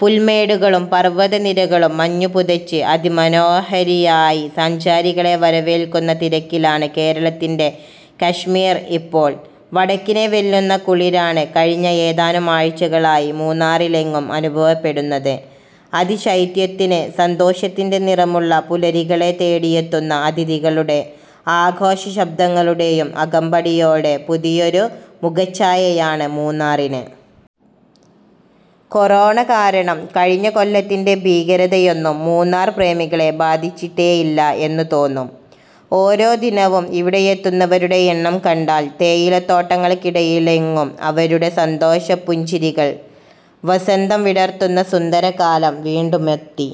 പുൽമേടുകളും പർവ്വത നിരകളും മഞ്ഞു പുതച്ച്, അതി മനോഹരിയായി സഞ്ചാരികളെ വരവേൽക്കുന്ന തിരക്കിലാണ് കേരളത്തിന്റെ കശ്മീർ ഇപ്പോൾ. വടക്കിനെ വെല്ലുന്ന കുളിരാണ് കഴിഞ്ഞ ഏതാനും ആഴ്ചകളായി മൂന്നാറിലെങ്ങും അനുഭവപ്പെടുന്നത്. അതിശൈത്യത്തിന്, സന്തോഷത്തിന്റെ നിറമുള്ള പുലരികളെ തേടിയെത്തുന്ന അതിഥികളുടെ ആഘോഷശബ്ദങ്ങളുടെയും അകമ്പടിയോടെ, പുതിയൊരു മുഖച്ഛായയാണ് മൂന്നാറിന്. കൊറോണ കാരണം കഴിഞ്ഞ കൊല്ലത്തിന്റെ ഭീകരതയൊന്നും മൂന്നാർ പ്രേമികളെ ബാധിച്ചിട്ടേയില്ല എന്ന് തോന്നും ഓരോ ദിനവും ഇവിടെയെത്തുന്നവരുടെ എണ്ണം കണ്ടാൽ. തേയിലത്തോട്ടങ്ങൾക്കിടയിലെങ്ങും അവരുടെ സന്തോഷപ്പുഞ്ചിരികൾ വസന്തം വിടർത്തുന്ന സുന്ദരകാലം വീണ്ടുമെത്തി.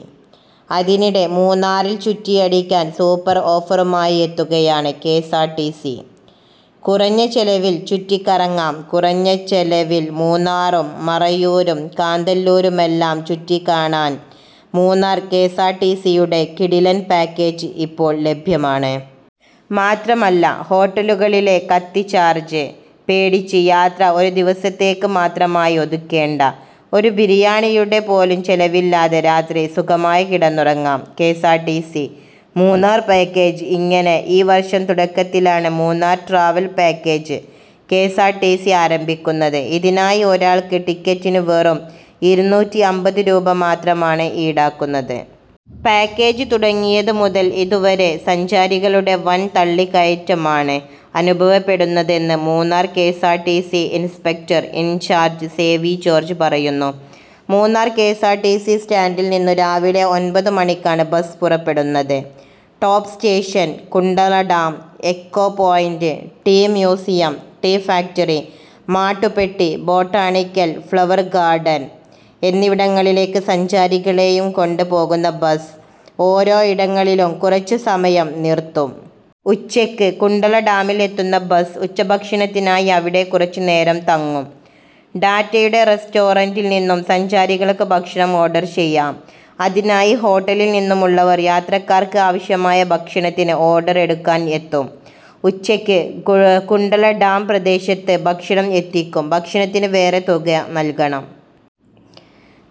അതിനിടെ മൂന്നാറിൽ ചുറ്റിയടിക്കാൻ സൂപ്പർ ഓഫറുമായി എത്തുകയാണ് കെഎസ്ആർടിസി. കുറഞ്ഞ ചെലവിൽ ചുറ്റി കറങ്ങാം കുറഞ്ഞ ചെലവിൽ മൂന്നാറും മറയൂരും കാന്തല്ലൂരുമെല്ലാം ചുറ്റിക്കാണാൻ മൂന്നാർ കെഎസ്ആർടിസിയുടെ കിടിലൻ പാക്കേജ് ഇപ്പോൾ ലഭ്യമാണ്. മാത്രമല്ല, ഹോട്ടലുകളിലെ ' കത്തി ചാർജ് ' പേടിച്ച്, യാത്ര ഒരു ദിവസത്തേക്ക് മാത്രമായി ഒതുക്കേണ്ട, ഒരു ബിരിയാണിയുടെ പോലും ചെലവില്ലാതെ രാത്രി സുഖമായി കിടന്നുറങ്ങാം. കെഎസ്ആർടിസി മൂന്നാർ പാക്കേജ് ഇങ്ങനെ ഈ വർഷം തുടക്കത്തിലാണ് മൂന്നാർ ട്രാവൽ പാക്കേജ് കെഎസ്ആർടിസി ആരംഭിക്കുന്നത്. ഇതിനായി, ഒരാൾക്ക് ടിക്കറ്റിനു വെറും ഇരുനൂറ്റിഅമ്പത് രൂപ മാത്രമാണ് ഈടാക്കുന്നത്. പാക്കേജ് തുടങ്ങിയത് മുതൽ ഇതുവരെ, സഞ്ചാരികളുടെ വൻ തള്ളിക്കയറ്റമാണ് അനുഭവപ്പെടുന്നതെന്ന് Munnar KSRTC inspector in charge Sevi George പറയുന്നു. മൂന്നാർ കെഎസ്ആർടിസി സ്റ്റാൻഡിൽ നിന്നു രാവിലെ ഒൻപതു മണിക്കാണ് ബസ് പുറപ്പെടുന്നത്. Top station, Kundala dam, echo point, tea museum, tea factory, Mattupetty, botanical flower garden എന്നിവിടങ്ങളിലേക്ക് സഞ്ചാരികളെയും കൊണ്ട് പോകുന്ന ബസ് ഓരോ ഇടങ്ങളിലും കുറച്ചു സമയം നിർത്തും. ഉച്ചക്ക് കുണ്ടള ഡാമിൽ എത്തുന്ന ബസ്, ഉച്ചക്ഷഭണത്തിനായി അവിടെ കുറച്ചു നേരം തങ്ങും. ടാറ്റയുടെ റസ്റ്റോറന്റിൽ നിന്നും സഞ്ചാരികൾക്ക് ഭക്ഷണം ഓർഡർ ചെയ്യാം. അതിനായി ഹോട്ടലിൽ നിന്നുമുള്ളവർ യാത്രക്കാർക്ക് ആവശ്യമായ ഭക്ഷണത്തിന് ഓർഡർ എടുക്കുവാൻ എത്തും. ഉച്ചക്ക് കു കുണ്ടള ഡാം പ്രദേശത്ത് ഭക്ഷണം എത്തിക്കും. ഭക്ഷണത്തിന് വേറെ തുക നൽകണം.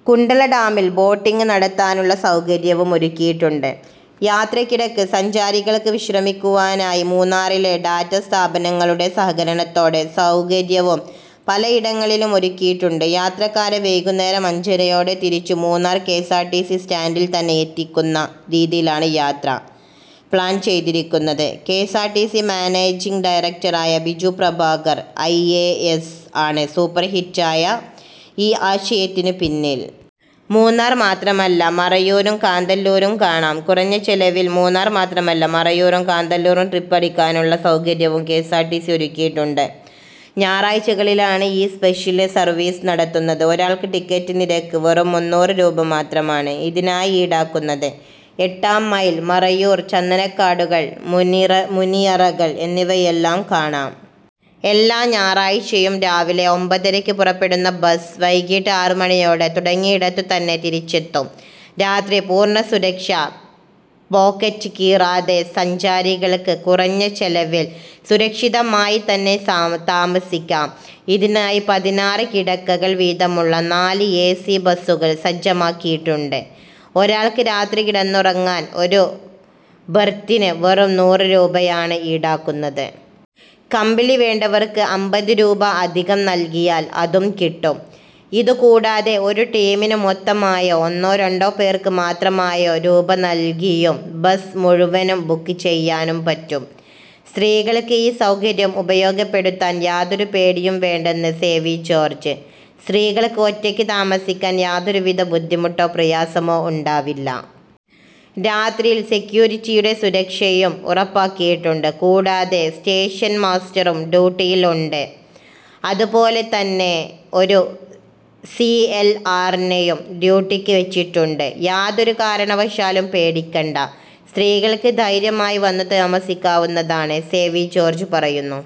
കുണ്ടള ഡാമിൽ ബോട്ടിങ്ങ് നടത്താനുള്ള സൗകര്യവും ഒരുക്കിയിട്ടുണ്ട്. യാത്രയ്ക്കിടക്ക് സഞ്ചാരികൾക്ക് വിശ്രമിക്കുവാനായി മൂന്നാറിലെ ടാറ്റ സ്ഥാപനങ്ങളുടെ സഹകരണത്തോടെ സൗകര്യവും പലയിടങ്ങളിലും ഒരുക്കിയിട്ടുണ്ട്. യാത്രക്കാരെ വൈകുന്നേരം അഞ്ചരയോടെ തിരിച്ചു മൂന്നാർ കെഎസ്ആർടിസി സ്റ്റാന്റിൽ തന്നെ എത്തിക്കുന്ന രീതിയിലാണ് യാത്ര പ്ലാൻ ചെയ്തിരിക്കുന്നത്.. കെഎസ്ആർടിസി മാനേജിംഗ് ഡയറക്ടറായ Biju Prabhakar I A S ആണ് സൂപ്പർഹിറ്റായ ഈ ആശയത്തിന് പിന്നിൽ. മൂന്നാർ മാത്രമല്ല, മറയൂരും കാന്തല്ലൂരും കാണാം കുറഞ്ഞ ചെലവിൽ മൂന്നാർ മാത്രമല്ല, മറയൂരും കാന്തല്ലൂരും ട്രിപ്പടിക്കാനുള്ള സൗകര്യവും കെഎസ്ആർടിസി ഒരുക്കിയിട്ടുണ്ട്. ഞായറാഴ്ചകളിലാണ് ഈ സ്പെഷ്ല് സർവീസ് നടത്തുന്നത്. ഒരാൾക്ക് ടിക്കറ്റ് നിരക്ക് വെറും മുന്നൂറ് രൂപ മാത്രമാണ് ഇതിനായി ഈടാക്കുന്നത്. എട്ടാം മൈൽ, മറയൂർ ചന്ദനക്കാടുകൾ, മുനി മുനിയറകൾ എന്നിവയെല്ലാം കാണാം. എല്ലാ ഞായറാഴ്ചയും രാവിലെ ഒമ്പതരയ്ക്ക് പുറപ്പെടുന്ന ബസ്, വൈകീട്ട് ആറു മണിയോടെ തുടങ്ങിയിടത്തു തന്നെ തിരിച്ചെത്തും. രാത്രി പൂർണ്ണ സുരക്ഷ, പോക്കറ്റ് കീറാതെ സഞ്ചാരികൾക്ക് കുറഞ്ഞ ചെലവിൽ സുരക്ഷിതമായി തന്നെ താ താമസിക്കാം. ഇതിനായി പതിനാറ് കിടക്കകൾ വീതമുള്ള നാല് ഏസി ബസുകൾ സജ്ജമാക്കിയിട്ടുണ്ട്. ഒരാൾക്ക് രാത്രി കിടന്നുറങ്ങാൻ, ഒരു ബെർത്തിന് വെറും നൂറ് രൂപയാണ് ഈടാക്കുന്നത്. കമ്പിളി വേണ്ടവർക്ക് അമ്പത് രൂപ അധികം നൽകിയാൽ അതും കിട്ടും. ഇതു, കൂടാതെ ഒരു ടീമിന് മൊത്തമായോ, ഒന്നോ രണ്ടോ പേർക്ക് മാത്രമായോ രൂപ നൽകിയും ബസ് മുഴുവനും ബുക്ക് ചെയ്യാനും പറ്റും. സ്ത്രീകൾക്ക് ഈ സൗകര്യം ഉപയോഗപ്പെടുത്താൻ യാതൊരു പേടിയും വേണ്ടെന്ന് സേവി ജോർജ്, " സ്ത്രീകൾക്ക് ഒറ്റയ്ക്ക് താമസിക്കാൻ യാതൊരുവിധ ബുദ്ധിമുട്ടോ പ്രയാസമോ ഉണ്ടാവില്ല. രാത്രിയിൽ സെക്യൂരിറ്റിയുടെ സുരക്ഷയും ഉറപ്പാക്കിയിട്ടുണ്ട്. കൂടാതെ സ്റ്റേഷൻ മാസ്റ്ററും ഡ്യൂട്ടിയിൽ ഉണ്ട്, അതുപോലെതന്നെ ഒരു സി എൽ ആർ നെയും ഡ്യൂട്ടിക്ക് വെച്ചിട്ടുണ്ട്. യാതൊരു കാരണവശാലും പേടിക്കണ്ട, സ്ത്രീകൾക്ക് ധൈര്യമായി വന്നു താമസിക്കാവുന്നതാണ് " സേവി ജോർജ് പറയുന്നു.